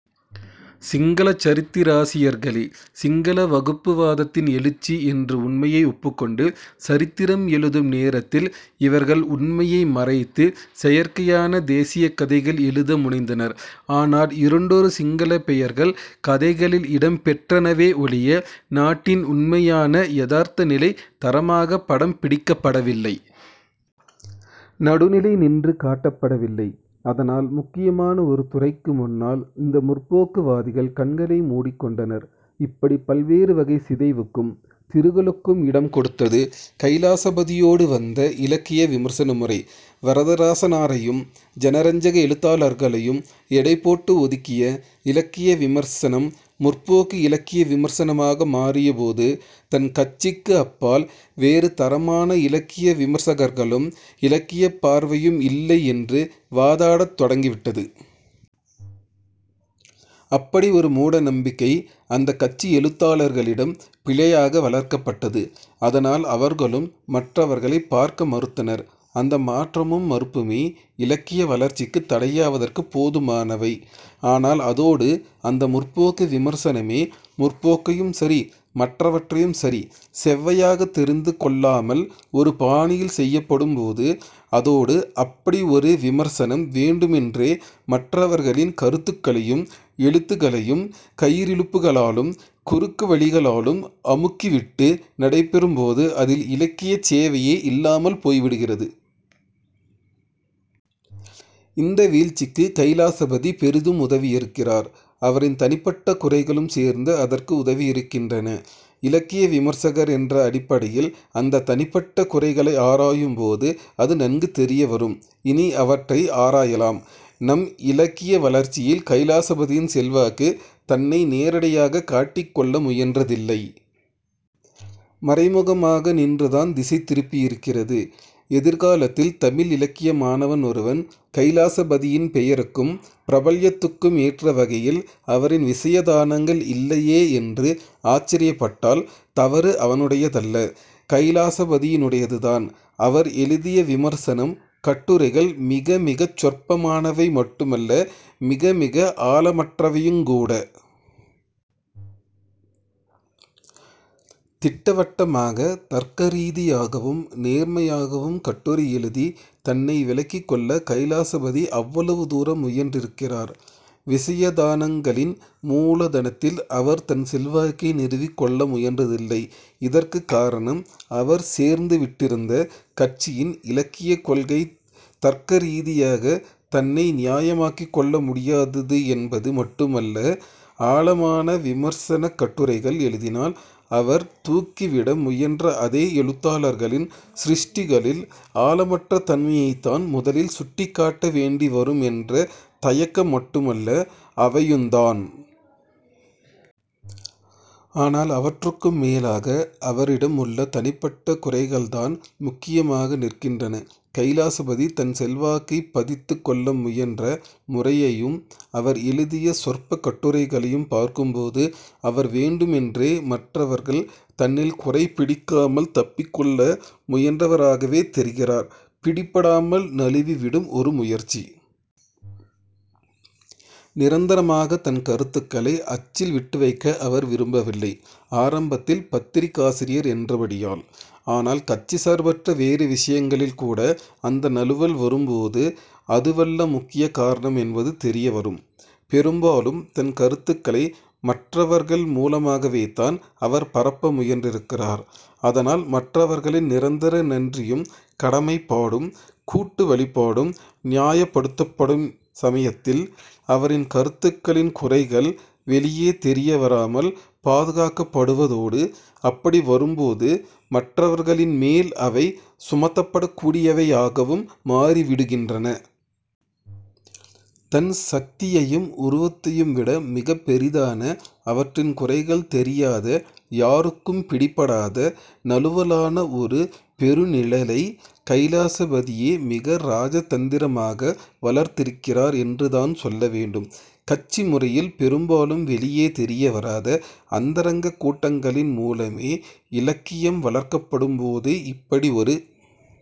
சிங்களச் சரித்திராசியர்களே 'சிங்கள வகுப்புவாதத்தின் எழுச்சி' என்று உண்மையை ஒப்புக்கொண்டு சரித்திரம் எழுதும் நேரத்தில் இவர்கள் உண்மையை மறைத்து, செயற்கையான 'தேசியக்' கதைகள் எழுத முனைந்தனர். அதனால் இரண்டொரு சிங்களப் பெயர்கள் கதைகளில் இடம் பெற்றனவே ஒழிய நாட்டின் உண்மையான யதார்த்த நிலை தரமாகப் படம் பிடிக்கப்படவில்லை. நடுநிலை நின்று காட்டப்படவில்லை. அதனால் முக்கியமான ஒரு துறைக்கு முன்னால் இந்த 'முற்போக்கு' வாதிகள் கண்களை மூடிக்கொண்டனர். இப்படிப் பல்வேறு வகை சிதைவுக்கும் திருகலுக்கும் இடம் கொடுத்தது கைலாசபதியோடு வந்த இலக்கிய விமர்சன முறை. வரதராசனாரையும் ஜனரஞ்சக எழுத்தாளர்களையும் எடைபோட்டு ஒதுக்கிய இலக்கிய விமர்சனம் 'முற்போக்கு' இலக்கிய விமர்சனமாக மாறியபோது தன் கட்சிக்கு அப்பால் வேறு தரமான இலக்கிய விமர்சகர்களும் இலக்கியப் பார்வையும் இல்லை என்று வாதாடத் தொடங்கிவிட்டது. அப்படி ஒரு மூட நம்பிக்கை அந்தக் கட்சி எழுத்தாளர்களிடம் பிழையாக வளர்க்கப்பட்டது. அதனால் அவர்களும் மற்றவர்களைப் பார்க்க மறுத்தனர். அந்த மாற்றமும் மறுப்புமே இலக்கிய வளர்ச்சிக்குத் தடையாவதற்குப் போதுமானவை. ஆனால் அதோடு அந்த 'முற்போக்கு' விமர்சனமே, 'முற்போக்கையும்'யும் சரி, மற்றவற்றையும் சரி செவ்வையாகத் தெரிந்துகொள்ளாமல் ஒரு பாணியில் செய்யப்படும்போது, அதோடு அப்படி ஒரு விமர்சனம் வேண்டுமென்றே மற்றவர்களின் கருத்துகளையும் எழுத்துகளையும் கயிறிழுப்புகளாலும் குறுக்கு வழிகளாலும் அமுக்கிவிட்டு நடைபெறும்போது அதில் இலக்கியச் சேவையே இல்லாமல் போய்விடுகிறது. இந்த வீழ்ச்சிக்குக் கைலாசபதி பெரிதும் உதவியிருக்கிறார். அவரின் தனிப்பட்ட குறைகளும் சேர்ந்து அதற்கு உதவியிருக்கின்றன. இலக்கிய விமர்சகர் என்ற அடிப்படையில் அந்தத் தனிப்பட்ட குறைகளை ஆராயும்போது அது நன்கு தெரியவரும். இனி அவற்றை ஆராயலாம். நம் இலக்கிய வளர்ச்சியில் கைலாசபதியின் செல்வாக்கு தன்னை நேரடியாகக் காட்டிக்கொள்ள முயன்றதில்லை. மறைமுகமாக நின்றுதான் திசை திருப்பியிருக்கிறது. எதிர் காலத்தில் தமிழ் இலக்கிய மாணவன் ஒருவன் கைலாசபதியின் பெயருக்கும் பிரபல்யத்துக்கும் ஏற்ற வகையில் அவரின் விசயதானங்கள் இல்லையே என்று ஆச்சரியப்பட்டால் தவறு அவனுடையதல்ல, கைலாசபதியினுடையதுதான். அவர் எழுதிய விமர்சனம், கட்டுரைகள் மிக மிகச் சொற்பமானவை மட்டுமல்ல, மிக மிக ஆழமற்றவையுங்கூட. திட்டவட்டமாகத் தர்க்கரீதியாகவும் நேர்மையாகவும் கட்டுரை எழுதித் தன்னை விளக்கிக்கொள்ள கைலாசபதி அவ்வளவு தூரம் முயன்றிருக்கிறார். விசயதானங்களின் மூலதனத்தில் அவர் தன் செல்வாக்கை நிறுவிக்கொள்ள முயன்றதில்லை. இதற்குக் காரணம் அவர் சேர்ந்துவிட்டிருந்த கட்சியின் இலக்கியக்கொள்கை தர்க்க ரீதியாகத் தன்னை நியாயமாக்கிக்கொள்ள முடியாதது என்பது மட்டுமல்ல, ஆழமான விமர்சனக் கட்டுரைகள் எழுதினால் அவர் தூக்கிவிட முயன்ற அதே எழுத்தாளர்களின் சிருஷ்டிகளில் ஆழமற்ற தன்மையைத்தான் முதலில் சுட்டிக் காட்ட வேண்டி வரும் என்ற தயக்கம் மட்டுமல்ல, அவையுந்தான். ஆனால் அவற்றுக்கும் மேலாக அவரிடம் உள்ள தனிப்பட்ட குறைகள்தான் முக்கியமாக நிற்கின்றன. கைலாசபதி தன் செல்வாக்கைப் பதித்துக் கொள்ள முயன்ற முறையையும் அவர் எழுதிய சொற்பக் கட்டுரைகளையும் பார்க்கும்போது அவர் வேண்டுமென்றே மற்றவர்கள் தன்னில் குறைபிடிக்காமல் தப்பிக்கொள்ள முயன்றவராகவே தெரிகிறார். பிடிபடாமல் நழுவிவிடும் ஒரு முயற்சி. நிரந்தரமாகத் தன் கருத்துக்களை அச்சில் விட்டுவைக்க அவர் விரும்பவில்லை, ஆரம்பத்தில் பத்திரிகாசிரியர் என்றபடியால். ஆனால் கட்சி சார்பற்ற வேறு விஷயங்களில்கூட அந்த நழுவல் வரும்போது அதுவல்ல முக்கிய காரணம் என்பது தெரியவரும். பெரும்பாலும் தன் கருத்துகளை மற்றவர்கள் மூலமாகவேதான் அவர் பரப்ப முயன்றிருக்கிறார். அதனால் மற்றவர்களின் நிரந்தர நன்றியும் கடமைப்பாடும் கூட்டு வழிபாடும் நியாயப்படுத்தப்படும் சமயத்தில் அவரின் கருத்துகளின் குறைகள் வெளியே தெரியவராமல் பாதுகாக்கப்படுவதோடு, அப்படி வரும்போது மற்றவர்களின்மேல் அவை சுமத்தப்படக் கூடியவையாகவும் மாறிவிடுகின்றன. தன் சக்தியையும் உருவத்தையும் விட மிகப் பெரிதான, அவற்றின் குறைகள் தெரியாத, யாருக்கும் பிடிபடாத நழுவலான ஒரு பெருநிழலை கைலாசபதியே மிக ராஜதந்திரமாக வளர்த்திருக்கிறார் என்றுதான் சொல்லவேண்டும். கட்சி முறையில் பெரும்பாலும் வெளியே தெரிய வராத அந்தரங்கக் கூட்டங்களின் மூலமே இலக்கியம் வளர்க்கப்படும்போது இப்படி ஒரு